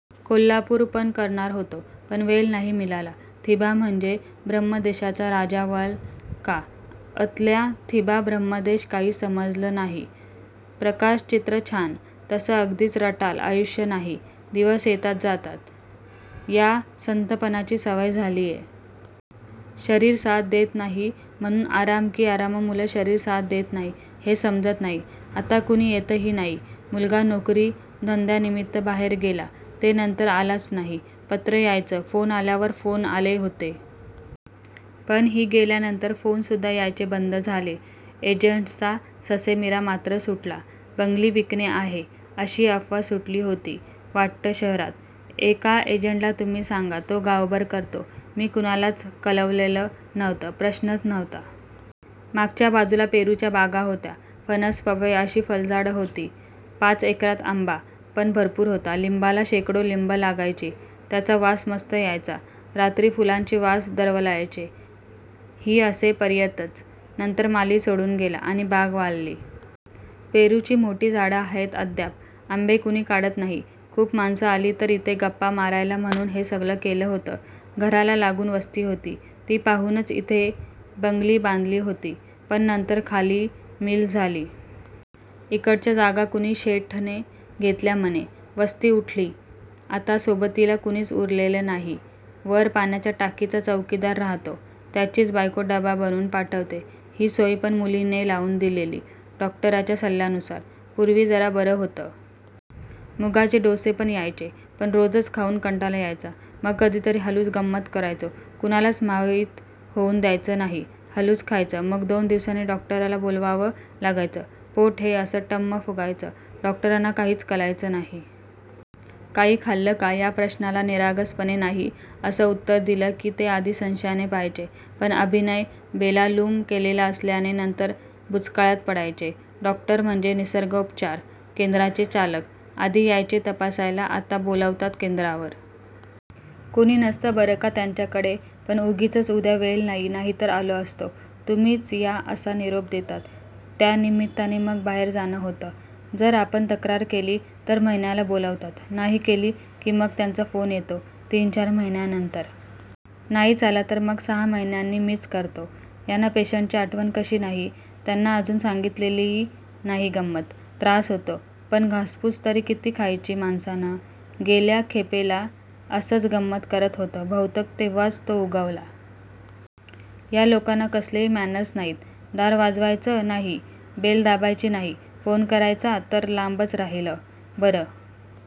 कोल्हापूर पण करणार होतो पण वेळ नाही मिळाला. थिबा म्हणजे ब्रह्मदेशाचा राजावालं का? अतल्या, थिबा ब्रम्हदेश काही समजंल नाही. प्रकाशचित्र छान! तसं अगदीच रटाळ आयुष्य नाही. दिवस येतात, जातात. या संथपणाची सवय झालीय. शरीर साथ देत नाही म्हणून आराम कि आरामामुळं शरीर साथ देत नाही हे समजत नाही. आता कुणी येतही नाही. मुलगा नोकरी धंद्यानिमित्त बाहेर गेला ते नंतर आलाच नाही. पत्रं यायचं. फोन आल्यावर फोन आले होते. पण ही गेल्यानंतर फोन सुद्धा यायचे बंद झाले. एजंट्सचा ससेमिरा मात्र सुटला. बंगली विकणे आहे अशी अफवा सुटली होती वाटतं शहरात. एका एजंटला तुम्ही सांगा, तो गावभर करतो. मी कुणालाच कळवलेलं नव्हतं. प्रश्नच नव्हता. मागच्या बाजूला पेरूच्या बागा होत्या. फणस, पपई अशी फळझाडं होती. पाच एकरात आंबा पण भरपूर होता. लिंबाला शेकडो लिंब लागायची. त्याचा वास मस्त यायचा. रात्री फुलांचे वास दरवळायचे. ही असे पर्यंतच. नंतर माळी सोडून गेला आणि बाग वाळली. पेरूची मोठी झाडं आहेत अद्याप. आंबे कुणी काढत नाही. खूप माणसं आली तर इथे गप्पा मारायला म्हणून हे सगळं केलं होतं. घराला लागून वस्ती होती. ती पाहूनच इथे बंगली बांधली होती. पण नंतर खाली मिल झाली. इकडच्या जागा कूणी शेठने घेतल्या म्हणे. वस्ती उठली. आता सोबतीला कुणीच उरलेलं नाही. वर पाण्याच्या टाकीचा चौकीदार राहतो. त्याचीच बायको डबा बनवून पाठवते. ही सोय पण मुलीने लावून दिलेली. डॉक्टरच्या सल्ल्यानुसार. पूर्वी जरा बरं होतं. मुगाचे डोसे पण यायचे. पण रोजच खाऊन कंटाळा यायचा. मग कधीतरी हळूच गंमत करायचो. कुणालाच माहीत होऊ द्यायचं नाही. हळूच खायचं. मग दोन दिवसांनी डॉक्टरला बोलवावं लागायचं. पोट हे असं टम्म फुगायचं. डॉक्टरांना काहीच कळायचं नाही. काही खाल्लं का? या प्रश्नाला निरागसपणे नाही असं उत्तर दिलं की ते आधी संशयाने पहायचे. पण अभिनय बेमालूम केलेला असल्याने नंतर बुचकळ्यात पडायचे. डॉक्टर म्हणजे निर्सगोपचार केंद्राचे चालक. आधी यायचे तपासायला. आता बोलवतात केंद्रावर. कुणी नसतं बरं का त्यांच्याकडे. पण उगीचच उद्या वेळ नाही नाहीतर आलो असतो. तुम्हीच या असा निरोप देतात. त्या निमित्ताने मग बाहेर जाणं होतं. जर आपण तक्रार केली तर महिन्याला बोलवतात. नाही केली की मग त्यांचा फोन येतो तीन चार महीन्यानंतर. नाहीच आला तर मग सहा महीन्यांनी मीच करतो. यांना पेशंटची आठवण कशी नाही? त्यांन अजून सांगितलेली नाही गंमत. त्रास होतो. पण घासपूस तरी किती खायची माणसानं? गेल्या खेपेला असंच गंमत करत होतो बहुतेक तेव्हांच तो उगवला. या लोकांना कसलेही मॅनर्स नाहीत. दार वाजवायचं नाही, बेल दाबायची नाही. फोन करायचा तर लांबच राहीलं. बर